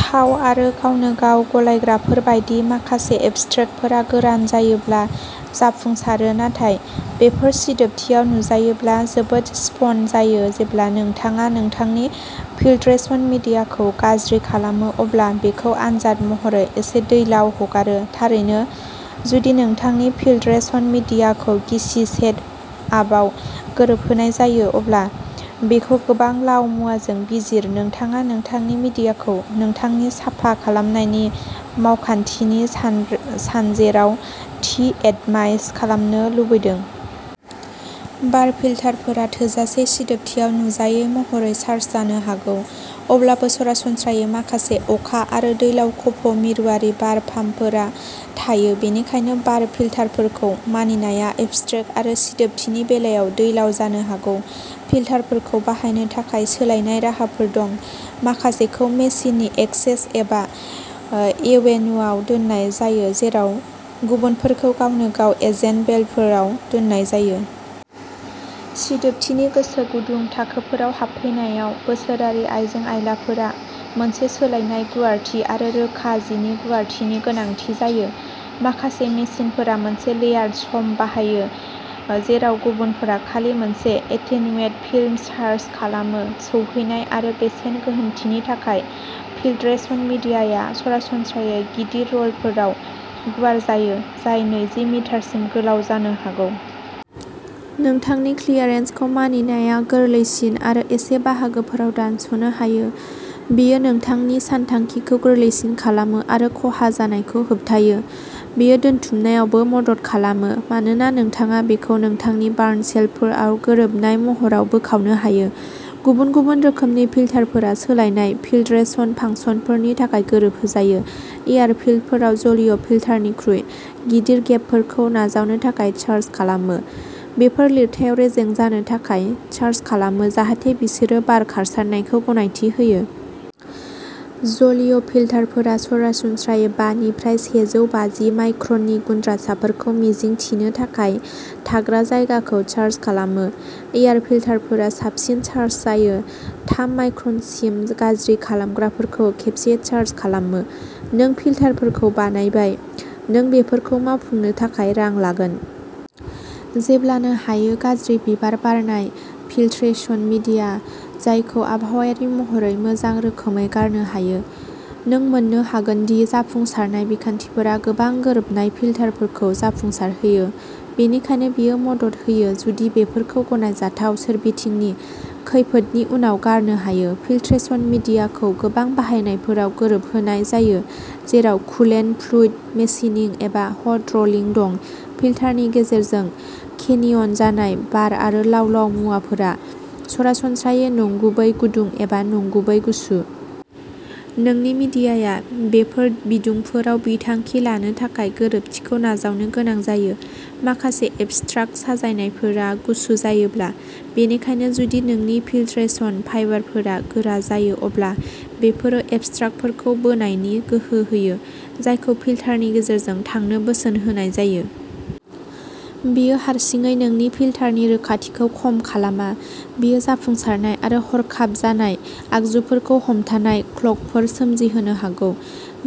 थाव आरो गावनो गाव गलायग्राफोर बायदि माखासे एब्स्ट्रेक्टफोरा गोरान जायोब्ला जाफुंसारो नाथाय बेफोर सिदोबथियाव नुजायोब्ला जोबोद सिफन जायो जेब्ला नोंथाङा नोंथांनि फिल्टरेशन मिडियाखौ गाज्रि खालामो अब्ला बेखौ आनजाद महरै एसे दैलाव हगारो थारैनो जुदि नोंथांनि फिल्टरेशन मिडियाखौ गिसि सेट आपआव गोरोबहोनाय जायो अब्ला बेखौ गोबां लाव मुवाजों बिजिर नोंथाङा नोंथांनि मिडियाखौ नोंथांनि साफा खालामनायनि मावखान्थिनि सानरे सानजेराव थि एटमाइज खालामनो लुबैदों। बार फिल्टारफोरा थोजासे सिदोबथियाव नुजायै महरै चार्ज जानो हागौ। अब्लाबो सरासनस्रायै माखासे अखा आरो दैलाव खफ' मिरुआरि बार पाम्पफोर थायो बेनिखायनो बार फिल्टारफोरखौ मानिनाया एब्स्ट्रेक्ट आरो सिदोबथिनि बेलायाव दैलाव जानो हागौ फिल्टारफोरखौ बाहायनो थाखाय सोलायनाय राहाफोर दं माखासेखौ मेसिननि एक्सेस एबा एवेन्युआव दोननाय जायो जेराव गुबुनफोरखौ गावनो गाव एजेन्ट बेल्टफोराव दोननाय जायो। सिदोबथिनि गोसो गुदुं थाखोफोराव हाबफैनायाव बोसोरारि आयजें आइलाफोरा मोनसे सोलायनाय गुवारथि आरो रोखा जिनि गुवारथिनि गोनांथि जायो माखासे मेसिनफोरा मोनसे लेयार्ड सम्प बाहायो जेराव गुबुनफोरा खालि मोनसे एटेन्युएट फिल्म चार्ज खालामो सौहैनाय आरो बेसेन गोहोमथिनि थाखाय फिल्टरेशन मिडियाआ सरासनस्रायै गिदिर र'लफोराव गुवार जायो जाय नैजि मिटारसिम गोलाव जानो हागौ। नोंथांनि क्लियारेन्सखौ मानिनाया गोरलैसिन आरो एसे बाहागोफोराव दानस'नो हायो। बेयो नोंथांनि सानथांखिखौ गोरलैसिन खालामो आरो खहा जानायखौ होबथायो। बेयो दोनथुमनायावबो मदद खालामो मानोना नोंथाङा बेखौ नोंथांनि बार्न शेल्फफोराव गोरोबनाय महराव बोखावनो हायो गुबुन गुबुन रोखोमनि फिल्टारफोरा सोलायनाय फिल्टरेशन फांसनफोरनि थाखाय गोरोबहोजायो एयार फिल्टारफोरा जलीय फिल्टारनिख्रुइ गिदिर गेपफोरखौ नाजावनो थाखाय चार्ज खालामो बेफोर लिरथायाव रेजें जानो थाखाय चार्ज खालामो जाहाथे बिसोरो बार खारसारनायखौ गनायथि होयो। जलीय फिल्टारफोरा सरासनस्रायै बा निफ्राय से जौ बाजि माइक्रननि गुनद्रासाफोरखौ मिजिंथिनो थाखाय थाग्रा जायगाखौ चार्ज खालामो। एयार फिल्टारफोरा साबसिन चार्ज जायो थाम माइक्रनसिम गाज्रि खालामग्राफोरखौ खेबसे चार्ज खालामो। नों फिल्टारफोरखौ बानायबाय नों बेफोरखौ मावफुंनो थाखाय रां लागोन। जेब्लानो हायो गाज्रि बिबार बारनाय फिल्ट्रेशन मिडिया जायखौ आबहावायारि महरै मोजां रोखोमै गारनो हायो। नों मोन्नो हागोन दि जाफुंसारनाय बिखान्थिफोरा गोबां गोरोबनाय फिल्टारफोरखौ जाफुंसारहोयो बेनिखायनो बेयो मदद होयो जुदि बेफोरखौ गनायजाथाव सोरबिथिंनि खैफोदनि उनाव गारनो हायो फिल्ट्रेशन मिडियाखौ गोबां बाहायनायफोराव गोरोबहोनाय जायो जेराव कुलेन्ट फ्लुइड मेशिनिं एबा हट रलिं दं फिल्टारनि गेजेरजों केनियन जानाय बार आरो लाव लाव मुवाफोरा सरासनस्रायै नंगुबै गुदुं एबा नंगुबै गुसु। नोंनि मिडियाया बेफोर बिदुंफोराव बिथांखि लानो थाखाय गोरोबथिखौ नाजावनो गोनां जायो। माखासे एब्स्ट्राकट साजायनायफोरा गुसु जायोब्ला बेनिखायनो जुदि नोंनि फिल्टरेशन फाइबारफोरा गोरा जायो अब्ला बेफोरो एब्स्ट्राकटफोरखौ बोनायनि गोहो होयो जायखौ फिल्टारनि गेजेरजों थांनो बोसोन होनाय जायो। बेयो हारसिङै नोंनि फिल्टारनि रोखाथिखौ खम खालामा बेयो जाफुंसारनाय आरो हरखाब जानाय आगजुफोरखौ हमथानाय क्लगफोर सोमजिहोनो हागौ।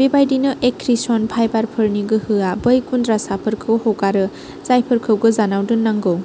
बेबायदिनो एक्रिशन फाइबारफोरनि गोहोआ बै गुनद्रासाफोरखौ हगारो जायफोरखौ गोजानाव दोननांगौ।